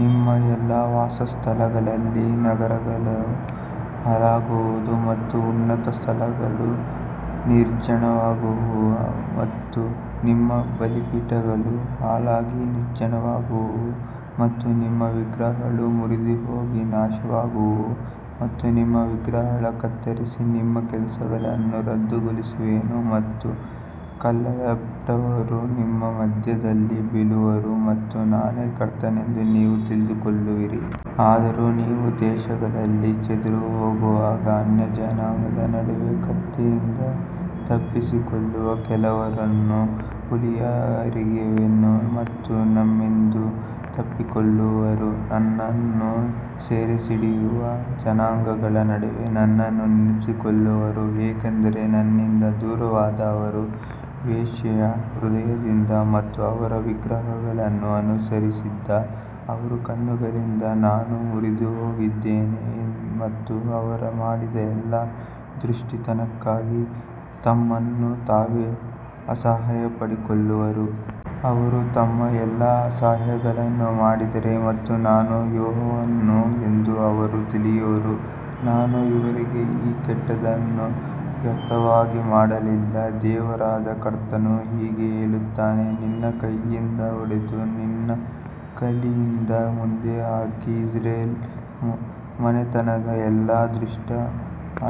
ನಿಮ್ಮ ಎಲ್ಲಾ ವಾಸಸ್ಥಳಗಳಲ್ಲಿ ನಗರಗಳು ಹಾಳಾಗುವವು ಮತ್ತು ಉನ್ನತ ಸ್ಥಳಗಳು ನಿರ್ಜನವಾಗುವವು ಮತ್ತು ನಿಮ್ಮ ಬಲಿಪೀಠಗಳು ಹಾಳಾಗಿ ನಿರ್ಜನವಾಗುವವು ಮತ್ತು ನಿಮ್ಮ ವಿಗ್ರಹಗಳು ಮುರಿದುಹೋಗಿ ನಾಶವಾಗುವವು ಮತ್ತು ನಿಮ್ಮ ವಿಗ್ರಹಗಳನ್ನು ಕತ್ತರಿಸಿ ನಿಮ್ಮ ಕೆಲಸಗಳನ್ನು ರದ್ದುಗೊಳಿಸುವೆನು. ಮತ್ತು ಕೊಲ್ಲಲ್ಪಟ್ಟವರು ನಿಮ್ಮ ಮಧ್ಯದಲ್ಲಿ ಬೀಳುವರು ಮತ್ತು ನಾನೇ ಕರ್ತನೆಂದು ನೀವು ತಿಳಿದುಕೊಳ್ಳುವಿರಿ. ಆದರೂ ನೀವು ದೇಶಗಳಲ್ಲಿ ಚದುರಿಹೋಗುವಾಗ ಅನ್ಯಜನಾಂಗಗಳ ನಡುವೆ ಕತ್ತಿಯಿಂದ ತಪ್ಪಿಸಿಕೊಳ್ಳುವ ಕೆಲವರನ್ನು ಉಳಿಕೆಯಾಗಿರಿಸುವೆನು. ಮತ್ತು ನಿಮ್ಮಿಂದ ತಪ್ಪಿಸಿಕೊಳ್ಳುವವರು ನನ್ನನ್ನು ಸೆರೆಹಿಡಿಯುವ ಜನಾಂಗಗಳ ನಡುವೆ ನನ್ನನ್ನು ನೆನಪಿಸಿಕೊಳ್ಳುವರು, ಏಕೆಂದರೆ ನನ್ನಿಂದ ದೂರವಾದ ಅವರ ವೇಶ್ಯೆಯ ಹೃದಯದಿಂದ ಮತ್ತು ಅವರ ವಿಗ್ರಹಗಳನ್ನು ಅನುಸರಿಸಿದ ಅವರ ಕಣ್ಣುಗಳಿಂದ ನಾನು ಮುರಿದುಹೋಗಿದ್ದೇನೆ ಮತ್ತು ಅವರು ಮಾಡಿದ ಎಲ್ಲಾ ದುಷ್ಟತನಕ್ಕಾಗಿ ತಮ್ಮನ್ನು ತಾವೇ ಅಸಹ್ಯಪಡಿಕೊಳ್ಳುವರು. ಅವರು ತಮ್ಮ ಎಲ್ಲಾ ಅಸಹ್ಯಗಳನ್ನು ಮಾಡಿದ್ದಾರೆ ಮತ್ತು ನಾನು ಯೆಹೋವನು ಎಂದು ಅವರು ತಿಳಿಯುವರು, ನಾನು ಅವರಿಗೆ ಈ ಕೆಟ್ಟದ್ದನ್ನು ವ್ಯರ್ಥವಾಗಿ ಮಾಡಲಿಲ್ಲ. ದೇವರಾದ ಕರ್ತನು ಹೀಗೆ ಹೇಳುತ್ತಾನೆ, ನಿನ್ನ ಕೈಯಿಂದ ಹೊಡೆದು ನಿನ್ನ ಕಾಲಿನಿಂದ ಮುದ್ರೆ ಹಾಕಿ, ಇಸ್ರಾಯೇಲ್ ಮನೆತನದ ಎಲ್ಲಾ ದುಷ್ಟ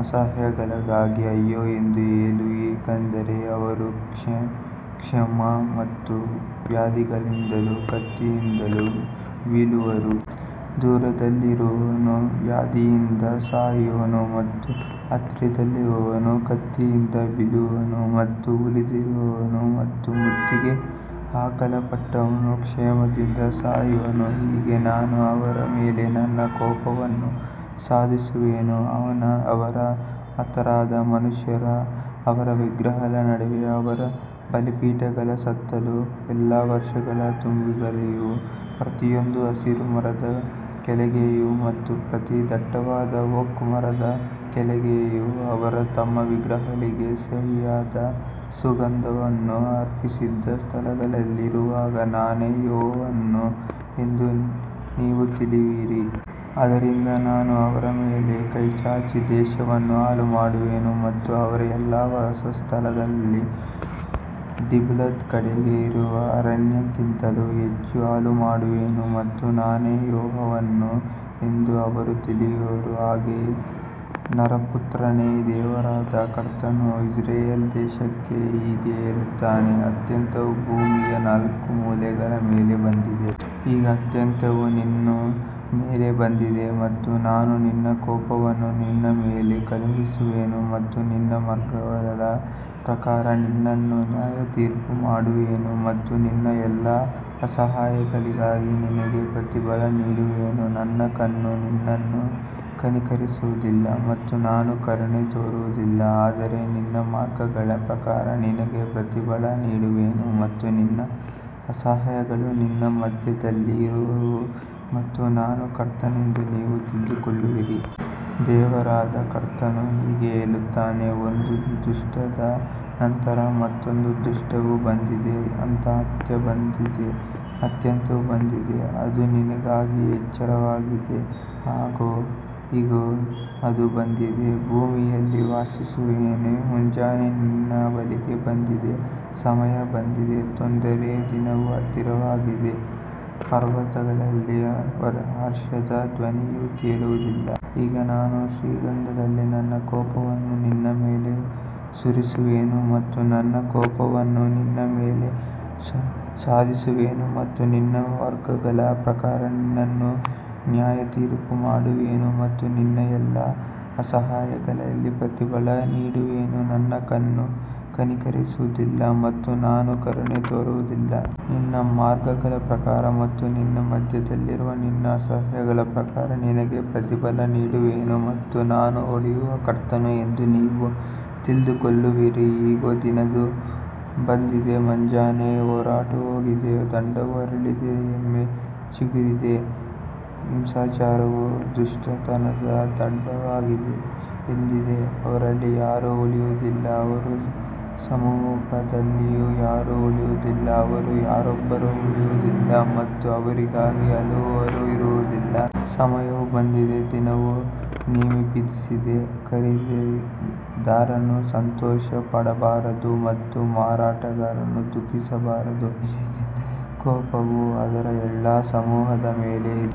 ಅಸಹ್ಯಗಳಿಗಾಗಿ ಅಯ್ಯೋ ಎಂದು ಹೇಳು, ಏಕೆಂದರೆ ಅವರು ಕ್ಷಾಮ ಮತ್ತು ವ್ಯಾಧಿಗಳಿಂದಲೂ ಕತ್ತಿಯಿಂದಲೂ ಬೀಳುವರು. ದೂರದಲ್ಲಿರುವವನು ವ್ಯಾಧಿಯಿಂದ ಸಾಯುವನು ಮತ್ತು ಹತ್ತಿರದಲ್ಲಿರುವವನು ಕತ್ತಿಯಿಂದ ಬೀಳುವನು ಮತ್ತು ಉಳಿದಿರುವವನು ಮತ್ತು ಮುತ್ತಿಗೆ ಹಾಕಲ್ಪಟ್ಟವನು ಕ್ಷಾಮದಿಂದ ಸಾಯುವನು, ಹೀಗೆ ನಾನು ಅವರ ಮೇಲೆ ನನ್ನ ಕೋಪವನ್ನು ಸಾಧಿಸುವೆನು. ಅವರ ಹತರಾದ ಮನುಷ್ಯರು ಅವರ ವಿಗ್ರಹಗಳ ನಡುವೆ, ಅವರ ಬಲಿಪೀಠಗಳ ಸುತ್ತಲೂ, ಎಲ್ಲಾ ಪರ್ವತಗಳ ತುದಿಗಳಲ್ಲಿಯೂ, ಪ್ರತಿಯೊಂದು ಹಸಿರು ಮರದ ಕೆಳಗೆಯೂ ಮತ್ತು ಪ್ರತಿ ದಟ್ಟವಾದ ಓಕ್ ಮರದ ಕೆಳಗೆಯೂ ಅವರು ತಮ್ಮ ವಿಗ್ರಹಗಳಿಗೆ ಸಿಹಿಯಾದ ಸುಗಂಧವನ್ನು ಅರ್ಪಿಸಿದ ಸ್ಥಳಗಳಲ್ಲಿ ಇರುವಾಗ, ನಾನೇ ಯೆಹೋವನು ಎಂದು ನೀವು ತಿಳಿಯುವಿರಿ. ಆದ್ದರಿಂದ ನಾನು ಅವರ ಮೇಲೆ ಕೈಚಾಚಿ ದೇಶವನ್ನು ಹಾಳುಮಾಡುವೆನು ಮತ್ತು ಅವರ ಎಲ್ಲಾ ವಾಸಸ್ಥಾನಗಳಲ್ಲಿ ದಿಬ್ಲಾತ್ ಕಡೆಗೆ ಇರುವ ಅರಣ್ಯಕ್ಕಿಂತಲೂ ಹೆಚ್ಚು ಹಾಳುಮಾಡುವೆನು ಮತ್ತು ನಾನೇ ಯೆಹೋವನು ಎಂದು ಅವರು ತಿಳಿಯುವರು. ಹಾಗೆಯೇ ನರಪುತ್ರನೇ, ದೇವರಾದ ಕರ್ತನು ಇಸ್ರಾಯೇಲ್ ದೇಶಕ್ಕೆ ಹೀಗೆ ಹೇಳುತ್ತಾನೆ, ಅಂತ್ಯವು ಭೂಮಿಯ ನಾಲ್ಕು ಮೂಲೆಗಳ ಮೇಲೆ ಬಂದಿದೆ. ಈಗ ಅಂತ್ಯವು ನಿನ್ನ ಮೇಲೆ ಬಂದಿದೆ ಮತ್ತು ನಾನು ನನ್ನ ಕೋಪವನ್ನು ನಿನ್ನ ಮೇಲೆ ಕಳುಹಿಸುವೆನು ಮತ್ತು ನಿನ್ನ ಮಾರ್ಗಗಳ ಪ್ರಕಾರ ನಿನ್ನನ್ನು ನ್ಯಾಯತೀರ್ಪು ಮಾಡುವೆನು ಮತ್ತು ನಿನ್ನ ಎಲ್ಲಾ ಅಸಹ್ಯಗಳಿಗಾಗಿ ನಿನಗೆ ಪ್ರತಿಫಲ ನೀಡುವೆನು. ನನ್ನ ಕಣ್ಣು ನಿನ್ನನ್ನು ಕನಿಕರಿಸುವುದಿಲ್ಲ ಮತ್ತು ನಾನು ಕರುಣೆ ತೋರಿಸುವುದಿಲ್ಲ, ಆದರೆ ನಿನ್ನ ಮಾರ್ಗಗಳ ಪ್ರಕಾರ ನಿನಗೆ ಪ್ರತಿಫಲ ನೀಡುವೆನು ಮತ್ತು ನಿನ್ನ ಅಸಹ್ಯಗಳು ನಿನ್ನ ಮಧ್ಯದಲ್ಲಿ ಇರುವವು ಮತ್ತು ನಾನು ಕರ್ತನೆಂದು ನೀವು ತಿಳಿದುಕೊಳ್ಳುವಿರಿ. ದೇವರಾದ ಕರ್ತನು ಹೀಗೆ ಹೇಳುತ್ತಾನೆ, ಒಂದು ದುಷ್ಟದ ನಂತರ ಮತ್ತೊಂದು ದುಷ್ಟವು ಬಂದಿದೆ, ಒಂದು ಅಂತ್ಯ ಬಂದಿದೆ, ಅಂತ್ಯವು ಬಂದಿದೆ, ಅದು ನಿನಗಾಗಿ ಎಚ್ಚರವಾಗಿದೆ, ಇಗೋ, ಅದು ಬಂದಿದೆ. ಭೂಮಿಯಲ್ಲಿ ವಾಸಿಸುವವನೇ, ಮುಂಜಾನೆ ನಿನ್ನ ಬಳಿಗೆ ಬಂದಿದೆ, ಸಮಯ ಬಂದಿದೆ, ತೊಂದರೆಯ ದಿನವು ಹತ್ತಿರವಾಗಿದೆ, ಪರ್ವತಗಳಲ್ಲಿ ಹರ್ಷದ ಧ್ವನಿಯು ಕೇಳಿಸುವುದಿಲ್ಲ. ಈಗ ನಾನು ಶೀಘ್ರದಲ್ಲೇ ನನ್ನ ಕೋಪವನ್ನು ನಿನ್ನ ಮೇಲೆ ಸುರಿಸುವೆನು ಮತ್ತು ನನ್ನ ಕೋಪವನ್ನು ನಿನ್ನ ಮೇಲೆ ಸಾಧಿಸುವೆನು ಮತ್ತು ನಿನ್ನ ಮಾರ್ಗಗಳ ಪ್ರಕಾರ ನಿನ್ನನ್ನು ನ್ಯಾಯತೀರ್ಪು ಮಾಡುವೆನು ಮತ್ತು ನಿನ್ನ ಎಲ್ಲಾ ಅಸಹ್ಯಗಳಿಗೆ ಪ್ರತಿಫಲ ನೀಡುವೆನು. ನನ್ನ ಕಣ್ಣು ಕನಿಕರಿಸುವುದಿಲ್ಲ ಮತ್ತು ನಾನು ಕರುಣೆ ತೋರಿಸುವುದಿಲ್ಲ. ನಿನ್ನ ಮಾರ್ಗಗಳ ಪ್ರಕಾರ ಮತ್ತು ನಿನ್ನ ಮಧ್ಯದಲ್ಲಿರುವ ನಿನ್ನ ಅಸಹ್ಯಗಳ ಪ್ರಕಾರ ನಿನಗೆ ಪ್ರತಿಫಲ ನೀಡುವೆನು ಮತ್ತು ನಾನು ಹೊಡೆಯುವ ಕರ್ತನು ಎಂದು ನೀವು ತಿಳಿದುಕೊಳ್ಳುವಿರಿ. ಇಗೋ, ದಿನವು ಬಂದಿದೆ, ಮುಂಜಾನೆ ಹೊರಟುಹೋಗಿದೆ, ದಂಡವು ಅರಳಿದೆ, ಹೆಮ್ಮೆ ಚಿಗುರಿದೆ. ಹಿಂಸಾಚಾರವು ದುಷ್ಟತನದ ದಂಡವಾಗಿ ಎದ್ದಿದೆ. ಅವರಲ್ಲಿ ಯಾರೂ ಉಳಿಯುವುದಿಲ್ಲ, ಅವರ ಸಮೂಹದಲ್ಲಿಯೂ ಯಾರೂ ಉಳಿಯುವುದಿಲ್ಲ, ಅವರಲ್ಲಿ ಯಾರೊಬ್ಬರೂ ಉಳಿಯುವುದಿಲ್ಲ ಮತ್ತು ಅವರಿಗಾಗಿ ಅಳುವವರೂ ಇರುವುದಿಲ್ಲ. ಸಮಯವು ಬಂದಿದೆ, ದಿನವು ಸಮೀಪಿಸಿದೆ, ಖರೀದಿದಾರನು ಸಂತೋಷಪಡಬಾರದು ಮತ್ತು ಮಾರಾಟಗಾರನು ದುಃಖಿಸಬಾರದು, ಏಕೆಂದರೆ ಕೋಪವು ಅದರ ಎಲ್ಲಾ ಸಮೂಹದ ಮೇಲೆ ಇದೆ.